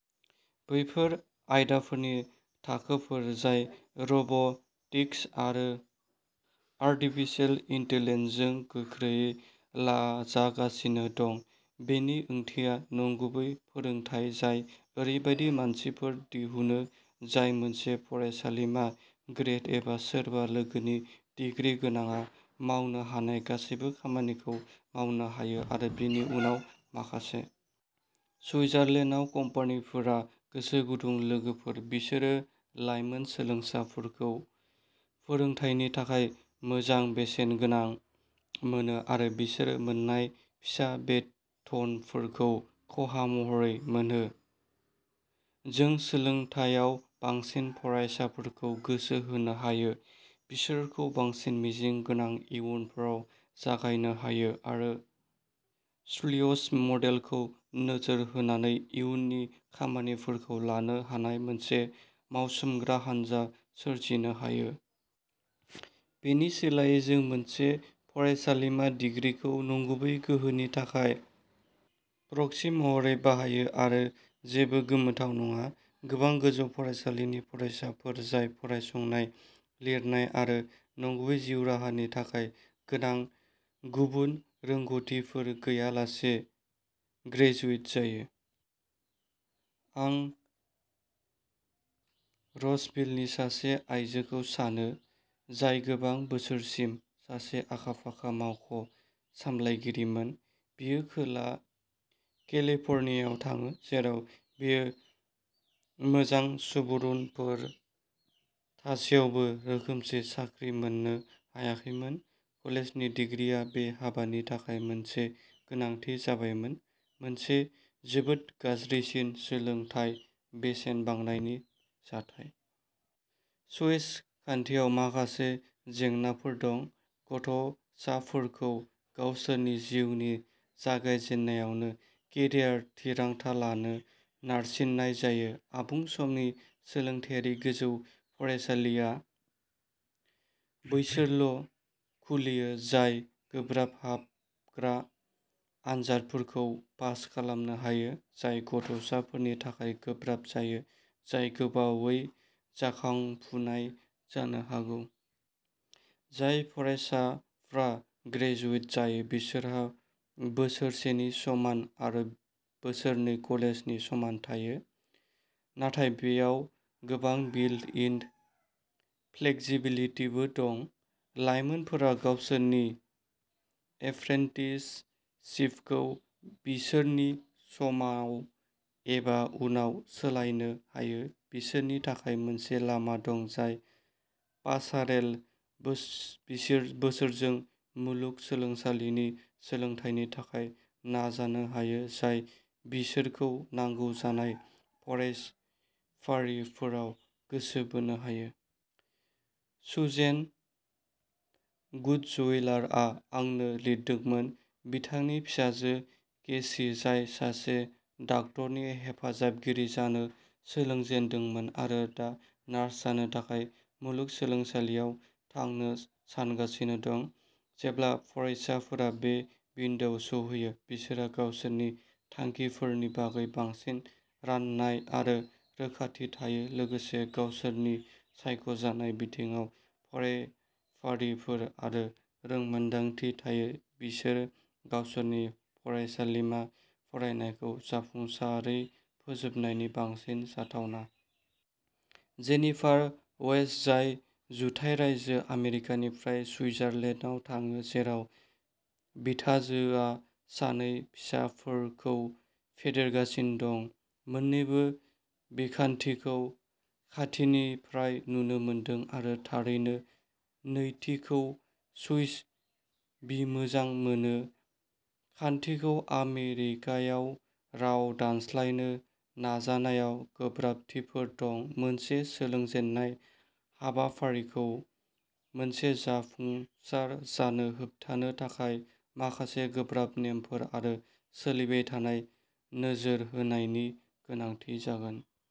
बैफोर आयदाफोरनि थाखोफोर जाय रब'टिक्स आरो आर्टिफिसियेल इन्टेलिजेन्सजों गोख्रैयै लाजागासिनो दं। बेनि ओंथिया नंगुबै फोरोंथाय जाय ओरैबायदि मानसिफोर दिहुनो जाय मोनसे फरायसालिमा ग्रेज एबा सोरबा लोगोनि दिग्रि गोनांआ मावनो हानाय गासैबो खामानिखौ मावनो हायो, आरो बेनि उनाव माखासे। सुइजारलेन्डआव, कम्पानिफोरा गोसो गुदुं लोगोफोर बिसोर लाइमोन सोलोंसाफोरखौ फोरोंथायनि थाखाय मोजां बेसेनगोनां मोनो आरो बिसोर मोन्नाय फिसा बेथनफोरखौ खहा महरै मोनो। जों सोलोंथायाव बांसिन फरायसाफोरखौ गोसो होनो हायो, बिसोरखौ बांसिन मिजिं गोनां इयुनफोराव जागायनो हायो आरो स्विस मडेलखौ नोजोर होनानै इयुननि खामानिफोरखौ लानो हानाय मोनसे मावसोमग्रा हानजा सोरजिनो हायो। बेनि सोलायै, जों मोनसे फरायसालिमा दिग्रिखौ नंगुबै गोहोनि थाखाय प्रक्सि महरै बाहायो आरो जेबो गोमोथाव नङा, गोबां गोजौ फरायसालिनि फरायसाफोर जाय फरायसंनाय, लिरनाय आरो नंगुबै जिउ राहानि थाखाय गोनां गुबुन रोंग'थिफोर गैयालासे ग्रेजुवेट जायो। आं रजभिलनि सासे आयजोखौ सानो, जाय गोबां बोसोरसिम सासे आखा-फाखा मावख' सामलायगिरिमोन। बियो खोला केलिफर्नियायाव थाङो, जेराव बियो मोजां सुबुरुनफोर थासेयावबो रोखोमसे साख्रि मोननो हायाखैमोन। कलेजनि डिग्रीआ बे हाबानि थाखाय मोनसे गोनांथि जाबायमोन, मोनसे जोबोद गाज्रिसिन सोलोंथाय बेसेन बांनायनि जाथाय। स्विस खान्थियाव माखासे जेंनाफोर दं। गथ'साफोरखौ गावसोरनि जिउनि जागायजेन्नायावनो केरियार थिरांथा लानो नारसिननाय जायो। आबुं समनि सोलोंथायारि गोजौ फरायसालिआ बैसोरल' खुलियो, जाय गोब्राब हाबग्रा आनजादफोरखौ पास खालामनो हायो, जाय गथ'साफोरनि थाखाय गोब्राब जायो, जाय गोबावै जाखांफुनाय जानो हागौ। जाय फरायसाफ्रा ग्रेजुवेट जायो बिसोरहा बोसोरसेनि समान आरो बोसोरनै कलेजनि समान थायो। नाथाय बेयाव गोबां बिल्ट इन फ्लेक्सिबिलिटिबो दं। लाइमोनफोरा गावसोरनि एप्रेन्टिसशिपखौ बिसोरनि समाव एबा उनाव सोलायनो हायो। बिसोरनि थाखाय मोनसे लामा दं जाय पासारेल बोसोरजों मुलुग सोलोंसालिनि सोलोंथायनि थाखाय नाजानो हायो, जाय बिसोरखौ नांगौ जानाय फरायफारिफोराव गोसो बोनो हायो। सुजेन गुट्जविलारआ आंनो लिरदोंमोन। बिथांनि फिसाजो केसि, जाय सासे डाक्टारनि हेफाजाबगिरि जानो सोलोंजेनदोंमोन, आरो दा नार्स जानो थाखाय मुलुगसोलोंसालियाव थांनो सानगासिनो दं। जेब्ला फरायसाफोरा बे बिन्दोआव सौहैयो, बिसोरहा गावसोरनि थांखिफोरनि बागै बांसिन रानाय आरो रोखाथि थायो, लोगोसे गावसोरनि सायख'जानाय बिथिङाव फरायफारिफोर आरो रोंमोनदांथि थायो बिसोर गावसोरनि फरायसालिमा फरायनायखौ जाफुंसारै फोजोबनायनि बांसिन जाथावना। जेनिफार वेइस, जाय जुथाइ रायजो आमेरिकानिफ्राय सुइजारलेन्डआव थाङो, जेराव बिथाजोङा सानै फिसाफोरखौ फेदेरगासिनो दं, मोन्नैबो बिखान्थिखौ खाथिनिफ्राय नुनो मोनदों आरो थारैनो नैथिखौ सुइस बिमोजां मोनो। खान्थिखौ आमेरिकायाव राव दानस्लायनो नाजानायाव गोब्राबथिफोर दं। मोनसे सोलोंजेननाय हाबाफारिखौ मोनसे जाफुंसार जानो होबथानो थाखाय माखासे गोब्राब नेमफोर आरो सोलिबाय थानाय नोजोर होनायनि गोनांथि जागोन।